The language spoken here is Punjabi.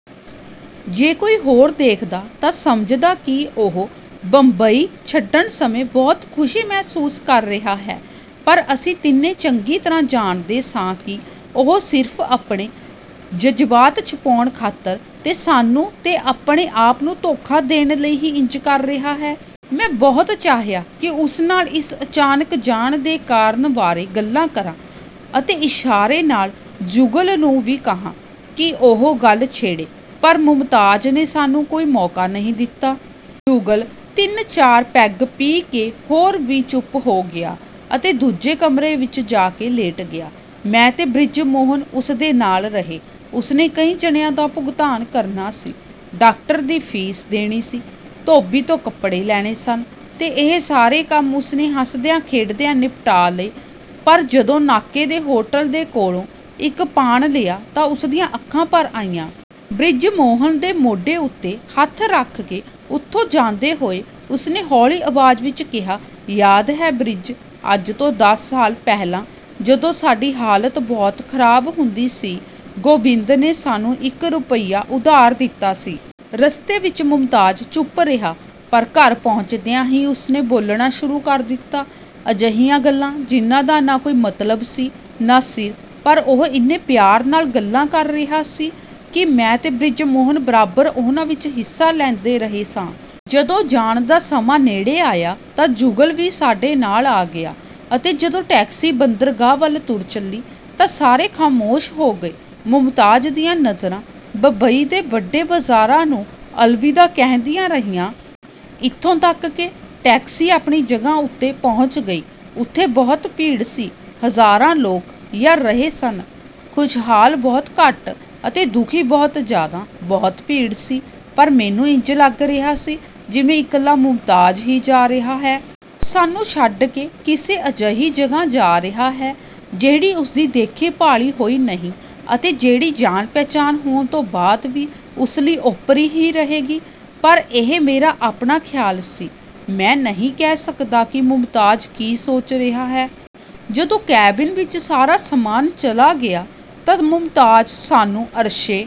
ਜੇ ਕੋਈ ਹੋਰ ਦੇਖਦਾ ਤਾਂ ਸਮਝਦਾ ਕਿ ਉਹ ਬੰਬਈ ਛੱਡਣ ਸਮੇਂ ਬਹੁਤ ਖੁਸ਼ੀ ਮਹਿਸੂਸ ਕਰ ਰਿਹਾ ਹੈ, ਪਰ ਅਸੀਂ ਤਿੰਨੇ ਚੰਗੀ ਤਰ੍ਹਾਂ ਜਾਣਦੇ ਸਾਂ ਕਿ ਉਹ ਸਿਰਫ਼ ਆਪਣੇ ਜਜ਼ਬਾਤ ਛੁਪਾਉਣ ਖਾਤਰ, ਤੇ ਸਾਨੂੰ, ਤੇ ਆਪਣੇ ਆਪ ਨੂੰ ਧੋਖਾ ਦੇਣ ਲਈ ਹੀ ਇੰਜ ਕਰ ਰਿਹਾ ਹੈ। ਮੈਂ ਬਹੁਤ ਚਾਹਿਆ ਕਿ ਉਸ ਨਾਲ ਇਸ ਅਚਾਨਕ ਜਾਣ ਦੇ ਕਾਰਨ ਬਾਰੇ ਗੱਲ ਕਰਾਂ, ਅਤੇ ਇਸ਼ਾਰੇ ਨਾਲ ਜੁਗਲ ਨੂੰ ਵੀ ਕਿਹਾ ਕਿ ਉਹ ਗੱਲ ਛੇੜੇ, ਪਰ ਮੁਮਤਾਜ਼ ਨੇ ਸਾਨੂੰ ਕੋਈ ਮੌਕਾ ਨਹੀਂ ਦਿੱਤਾ। ਜੁਗਲ ਤਿੰਨ-ਚਾਰ ਪੈੱਗ ਪੀ ਕੇ ਹੋਰ ਵੀ ਚੁੱਪ ਹੋ ਗਿਆ, ਅਤੇ ਦੂਜੇ ਕਮਰੇ ਵਿੱਚ ਜਾ ਕੇ ਲੇਟ ਗਿਆ। ਮੈਂ ਤੇ ਬ੍ਰਿਜਮੋਹਨ ਉਸ ਦੇ ਨਾਲ ਰਹੇ। ਉਸ ਨੇ ਕਈ ਜਣਿਆਂ ਦਾ ਭੁਗਤਾਨ ਕਰਨਾ ਸੀ, ਡਾਕਟਰ ਦੀ ਫੀਸ ਦੇਣੀ ਸੀ, ਧੋਬੀ ਤੋਂ ਕੱਪੜੇ ਲੈਣੇ ਸਨ ਤੇ ਇਹ ਸਾਰੇ ਕੰਮ ਉਸ ਨੇ ਹੱਸਦਿਆਂ-ਖੇਡਦਿਆਂ ਨਿਪਟਾ ਲਏ, ਪਰ ਜਦੋਂ ਨਾਕੇ ਦੇ ਹੋਟਲ ਦੇ ਕੋਲੋਂ ਇੱਕ ਪਾਨ ਲਿਆ ਤਾਂ ਉਸ ਦੀਆਂ ਅੱਖਾਂ ਭਰ ਆਈਆਂ। ਬ੍ਰਿਜਮੋਹਨ ਦੇ ਮੋਢੇ ਉੱਤੇ ਹੱਥ ਰੱਖ ਕੇ, ਉੱਥੋਂ ਜਾਂਦੇ ਹੋਏ, ਉਸ ਨੇ ਹੌਲੀ ਆਵਾਜ਼ ਵਿੱਚ ਕਿਹਾ, "ਯਾਦ ਹੈ ਬ੍ਰਿਜ, ਅੱਜ ਤੋਂ ਦਸ ਸਾਲ ਪਹਿਲਾਂ ਜਦੋਂ ਸਾਡੀ ਹਾਲਤ ਬਹੁਤ ਖਰਾਬ ਹੁੰਦੀ ਸੀ, ਗੋਬਿੰਦ ਨੇ ਸਾਨੂੰ ਇੱਕ ਰੁਪਈਆ ਉਧਾਰ ਦਿੱਤਾ ਸੀ।" ਰਸਤੇ ਵਿੱਚ ਮੁਮਤਾਜ਼ ਚੁੱਪ ਰਿਹਾ, ਪਰ ਘਰ ਪਹੁੰਚਦੇ ਹੀ ਉਸ ਨੇ ਬੋਲਣਾ ਸ਼ੁਰੂ ਕਰ ਦਿੱਤਾ, ਅਜਿਹੀਆਂ ਗੱਲਾਂ ਜਿਨ੍ਹਾਂ ਦਾ ਨਾ ਕੋਈ ਮਤਲਬ ਸੀ, ਨਾ ਸਿਰ, ਪਰ ਉਹ ਇੰਨੇ ਪਿਆਰ ਨਾਲ ਗੱਲਾਂ ਕਰ ਰਿਹਾ ਸੀ ਕਿ ਮੈਂ ਤੇ ਬ੍ਰਿਜਮੋਹਨ ਬਰਾਬਰ ਉਹਨਾਂ ਵਿੱਚ ਹਿੱਸਾ ਲੈਂਦੇ ਰਹੇ ਸਾਂ। ਜਦੋਂ ਜਾਣ ਦਾ ਸਮਾਂ ਨੇੜੇ ਆਇਆ ਤਾਂ ਜੁਗਲ ਵੀ ਸਾਡੇ ਨਾਲ ਆ ਗਿਆ, ਅਤੇ ਜਦੋਂ ਟੈਕਸੀ ਬੰਦਰਗਾਹ ਵੱਲ ਤੁਰ ਚੱਲੀ ਤਾਂ ਸਾਰੇ ਖਾਮੋਸ਼ ਹੋ ਗਏ। ਮੁਮਤਾਜ਼ ਦੀਆਂ ਨਜ਼ਰਾਂ ਬੰਬਈ ਦੇ ਵੱਡੇ ਬਾਜ਼ਾਰਾਂ ਨੂੰ ਅਲਵਿਦਾ ਕਹਿੰਦੀਆਂ ਰਹੀਆਂ। ਇੱਥੋਂ ਤੱਕ ਕਿ ਟੈਕਸੀ ਆਪਣੀ ਜਗ੍ਹਾ ਉੱਤੇ ਪਹੁੰਚ ਗਈ। ਉੱਥੇ ਬਹੁਤ ਭੀੜ ਸੀ। ਹਜ਼ਾਰਾਂ ਲੋਕ ਜਾ ਰਹੇ ਸਨ, ਖੁਸ਼ਹਾਲ ਬਹੁਤ ਘੱਟ, ਅਤੇ ਦੁਖੀ ਬਹੁਤ ਜ਼ਿਆਦਾ। ਬਹੁਤ ਭੀੜ ਸੀ, ਪਰ ਮੈਨੂੰ ਇੰਜ ਲੱਗ ਰਿਹਾ ਸੀ ਜਿਵੇਂ ਇਕੱਲਾ ਮੁਮਤਾਜ਼ ਹੀ ਜਾ ਰਿਹਾ ਹੈ। ਸਾਨੂੰ ਛੱਡ ਕੇ ਕਿਸੇ ਅਜਿਹੀ ਜਗ੍ਹਾ ਜਾ ਰਿਹਾ ਹੈ, ਜਿਹੜੀ ਉਸਦੀ ਦੇਖੀ-ਭਾਲੀ ਹੋਈ ਨਹੀਂ ਅਤੇ ਜਿਹੜੀ ਜਾਣ-ਪਛਾਣ ਹੋਣ ਤੋਂ ਬਾਅਦ ਵੀ ਉਸ ਲਈ ਓਪਰੀ ਹੀ ਰਹੇਗੀ। ਪਰ ਇਹ ਮੇਰਾ ਆਪਣਾ ਖਿਆਲ ਸੀ। ਮੈਂ ਨਹੀਂ ਕਹਿ ਸਕਦਾ ਕਿ ਮੁਮਤਾਜ਼ ਕੀ ਸੋਚ ਰਿਹਾ ਹੈ। ਜਦੋਂ ਕੈਬਿਨ ਵਿੱਚ ਸਾਰਾ ਸਾਮਾਨ ਚਲਾ ਗਿਆ ਤਾਂ ਮੁਮਤਾਜ਼ ਸਾਨੂੰ ਅਰਸ਼ੇ